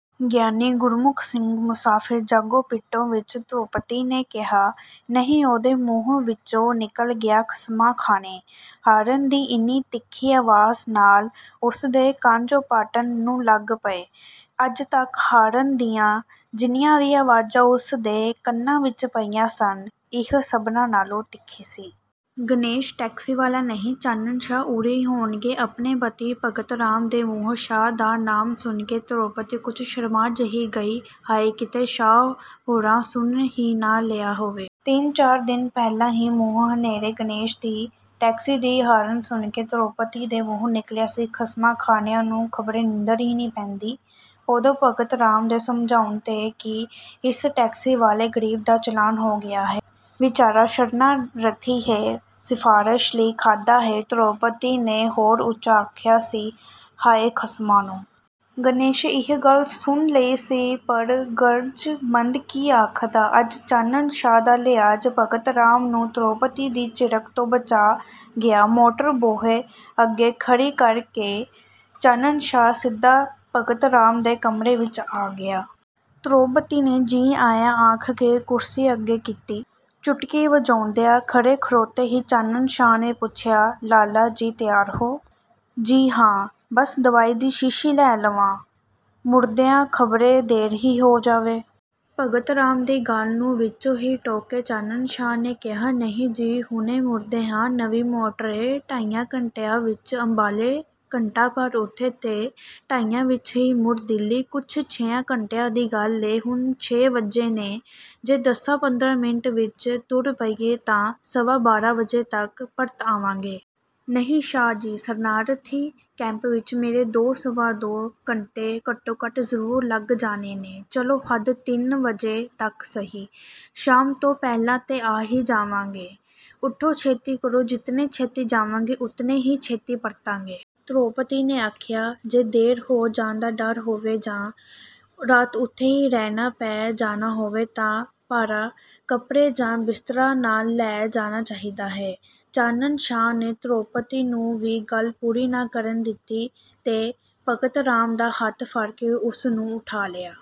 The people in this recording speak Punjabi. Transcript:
ਗਿਆਨੀ ਗੁਰਮੁਖ ਸਿੰਘ ਮੁਸਾਫ਼ਿਰ ਜਾਗੋ ਮੀਟੋ ਵਿੱਚ ਧਰੋਪਤੀ ਨੇ ਕਿਹਾ, ਨਹੀਂ ਉਹਦੇ ਮੂੰਹ ਵਿਚੋਂ ਨਿਕਲ ਗਿਆ, "ਖਸਮਾਂ ਖਾਣੇ।" ਹਾਰਨ ਦੀ ਇੰਨੀ ਤਿੱਖੀ ਆਵਾਜ਼ ਨਾਲ ਉਸ ਦੇ ਕੰਨ ਜੋ ਪਾਟਣ ਨੂੰ ਲੱਗ ਪਏ। ਅੱਜ ਤੱਕ ਹਾਰਨ ਦੀਆਂ ਜਿੰਨੀਆਂ ਵੀ ਆਵਾਜ਼ਾਂ ਉਸ ਦੇ ਕੰਨਾਂ ਵਿੱਚ ਪਈਆਂ ਸਨ, ਇਹ ਸਭਨਾਂ ਨਾਲੋਂ ਤਿੱਖੀ ਸੀ। "ਗਣੇਸ਼ ਟੈਕਸੀ ਵਾਲਾ ਨਹੀਂ, ਚਾਨਣ ਸ਼ਾਹ ਉਰੀ ਹੋਣਗੇ।" ਆਪਣੇ ਪਤੀ ਭਗਤ ਰਾਮ ਦੇ ਮੂੰਹੋਂ ਸ਼ਾਹ ਦਾ ਨਾਮ ਸੁਣ ਕੇ ਧਰੋਪਤੀ ਕੁਝ ਸ਼ਰਮਾ ਜਿਹੀ ਗਈ, "ਹਾਏ ਕਿਤੇ ਸ਼ਾਹ ਹੁਰਾਂ ਸੁਣ ਹੀ ਨਾ ਲਿਆ ਹੋਵੇ।" ਤਿੰਨ-ਚਾਰ ਦਿਨ ਪਹਿਲਾਂ ਹੀ ਮੂੰਹ ਹਨੇਰੇ ਗਣੇਸ਼ੇ ਦੀ ਟੈਕਸੀ ਦੀ ਹਾਰਨ ਸੁਣ ਕੇ ਧਰੋਪਤੀ ਦੇ ਮੂੰਹੋਂ ਨਿਕਲਿਆ ਸੀ, "ਖਸਮਾਂ ਖਾਣਿਆਂ ਨੂੰ ਖ਼ਬਰੇ ਨੀਂਦਰ ਹੀ ਨਹੀਂ ਪੈਂਦੀ।" ਉਦੋਂ ਭਗਤ ਰਾਮ ਦੇ ਸਮਝਾਉਣ 'ਤੇ ਕਿ "ਇਸ ਟੈਕਸੀ ਵਾਲੇ ਗਰੀਬ ਦਾ ਚਲਾਨ ਹੋ ਗਿਆ ਹੈ, ਵਿਚਾਰਾ ਸ਼ਰਨਾਰਥੀ ਹੈ, ਸਿਫਾਰਸ਼ ਲਈ ਆਖਦਾ ਹੈ", ਧਰੋਪਤੀ ਨੇ ਹੋਰ ਉਚਾ ਆਖਿਆ ਸੀ, "ਖਾਏ ਖਸਮਾਂ ਨੂੰ।" ਗਣੇਸ਼ੇ ਇਹ ਗੱਲ ਸੁਣ ਲਈ ਸੀ, ਪਰ ਗ਼ਰਜ਼ਮੰਦ ਕੀ ਆਖਦਾ? ਅੱਜ ਚਾਨਣ ਸ਼ਾਹ ਦਾ ਲਿਹਾਜ਼ ਭਗਤ ਰਾਮ ਨੂੰ ਧਰੋਪਤੀ ਦੀ ਝਿੜਕ ਤੋਂ ਬਚਾ ਗਿਆ। ਮੋਟਰ ਬੂਹੇ ਅੱਗੇ ਖੜ੍ਹੀ ਕਰ ਕੇ ਚਾਨਣ ਸ਼ਾਹ ਸਿੱਧਾ ਭਗਤ ਰਾਮ ਦੇ ਕਮਰੇ ਵਿੱਚ ਆ ਗਿਆ। ਧਰੋਪਤੀ ਨੇ 'ਜੀ ਆਇਆਂ' ਆਖ ਕੇ ਕੁਰਸੀ ਅੱਗੇ ਕੀਤੀ। ਚੁਟਕੀ ਵਜਾਉਂਦਿਆਂ ਖੜੇ-ਖੜੋਤੇ ਹੀ ਚਾਨਣ ਸ਼ਾਹ ਨੇ ਪੁੱਛਿਆ, "ਲਾਲਾ ਜੀ ਤਿਆਰ ਹੋ?" ਜੀ ਹਾਂ, ਬਸ ਦਵਾਈ ਦੀ ਸ਼ੀਸ਼ੀ ਲੈ ਲਵਾਂ, ਮੁੜਦਿਆਂ ਖਬਰੇ ਦੇਰ ਹੀ ਹੋ ਜਾਵੇ। ਭਗਤ ਰਾਮ ਦੀ ਗੱਲ ਨੂੰ ਵਿਚੋਂ ਹੀ ਟੋਕ ਕੇ ਚਾਨਣ ਸ਼ਾਹ ਨੇ ਕਿਹਾ, "ਨਹੀਂ ਜੀ, ਹੁਣੇ ਮੁੜਦੇ ਹਾਂ, ਨਵੀਂ ਮੋਟਰ ਏ, ਢਾਈਆਂ ਘੰਟਿਆਂ ਵਿੱਚ ਅੰਬਾਲੇ, ਘੰਟਾ ਭਰ ਉਥੇ ਤੇ ਢਾਈਆਂ ਵਿੱਚ ਹੀ ਮੁੜ ਦਿੱਲੀ, ਕੁਲ ਛਿਆਂ ਘੰਟਿਆਂ ਦੀ ਗੱਲ ਏ, ਹੁਣ ਛੇ ਵਜੇ ਨੇ, ਜੇ ਦਸਾਂ-ਪੰਦਰਾਂ ਮਿੰਟਾਂ ਵਿੱਚ ਤੁਰ ਪਈਏ ਤਾਂ ਸਵਾ ਬਾਰਾਂ ਵਜੇ ਤੱਕ ਪਰਤ ਆਵਾਂਗੇ।" ਨਹੀਂ ਸ਼ਾਹ ਜੀ, ਸ਼ਰਨਾਰਥੀ ਕੈਂਪ ਵਿੱਚ ਮੇਰੇ ਦੋ ਸਵਾ ਦੋ ਘੰਟੇ ਘਟੋ-ਘੱਟ ਜ਼ਰੂਰ ਲੱਗ ਜਾਣੇ ਨੇ। "ਚਲੋ ਹੱਦ ਤਿੰਨ ਵਜੇ ਤੱਕ ਸਹੀ, ਸ਼ਾਮ ਤੋਂ ਪਹਿਲਾਂ 'ਤੇ ਆ ਹੀ ਜਾਵਾਂਗੇ, ਉਠੋ ਛੇਤੀ ਕਰੋ। ਜਿਤਨੇ ਛੇਤੀ ਜਾਵਾਂਗੇ, ਉਤਨੇ ਹੀ ਛੇਤੀ ਪਰਤਾਂਗੇ।" ਧਰੋਪਤੀ ਨੇ ਆਖਿਆ, "ਜੇ ਦੇਰ ਹੋ ਜਾਣ ਦਾ ਡਰ ਹੋਵੇ ਜਾਂ ਰਾਤ ਉਥੇ ਹੀ ਰਹਿਣਾ ਪੈ ਜਾਣਾ ਹੋਵੇ ਤਾਂ ਭਾਰਾ ਕੱਪੜਾ ਜਾਂ ਬਿਸਤਰਾ ਨਾਲ਼ ਲੈ ਜਾਣਾ ਚਾਹੀਦਾ ਹੈ।" ਚਾਨਣ ਸ਼ਾਹ ਨੇ ਧਰੋਪਤੀ ਨੂੰ ਵੀ ਗੱਲ ਪੂਰੀ ਨਾ ਕਰਨ ਦਿੱਤੀ ਤੇ ਭਗਤ ਰਾਮ ਦਾ ਹੱਥ ਫੜ ਕੇ ਉਸ ਨੂੰ ਉੱਠਾ ਲਿਆ।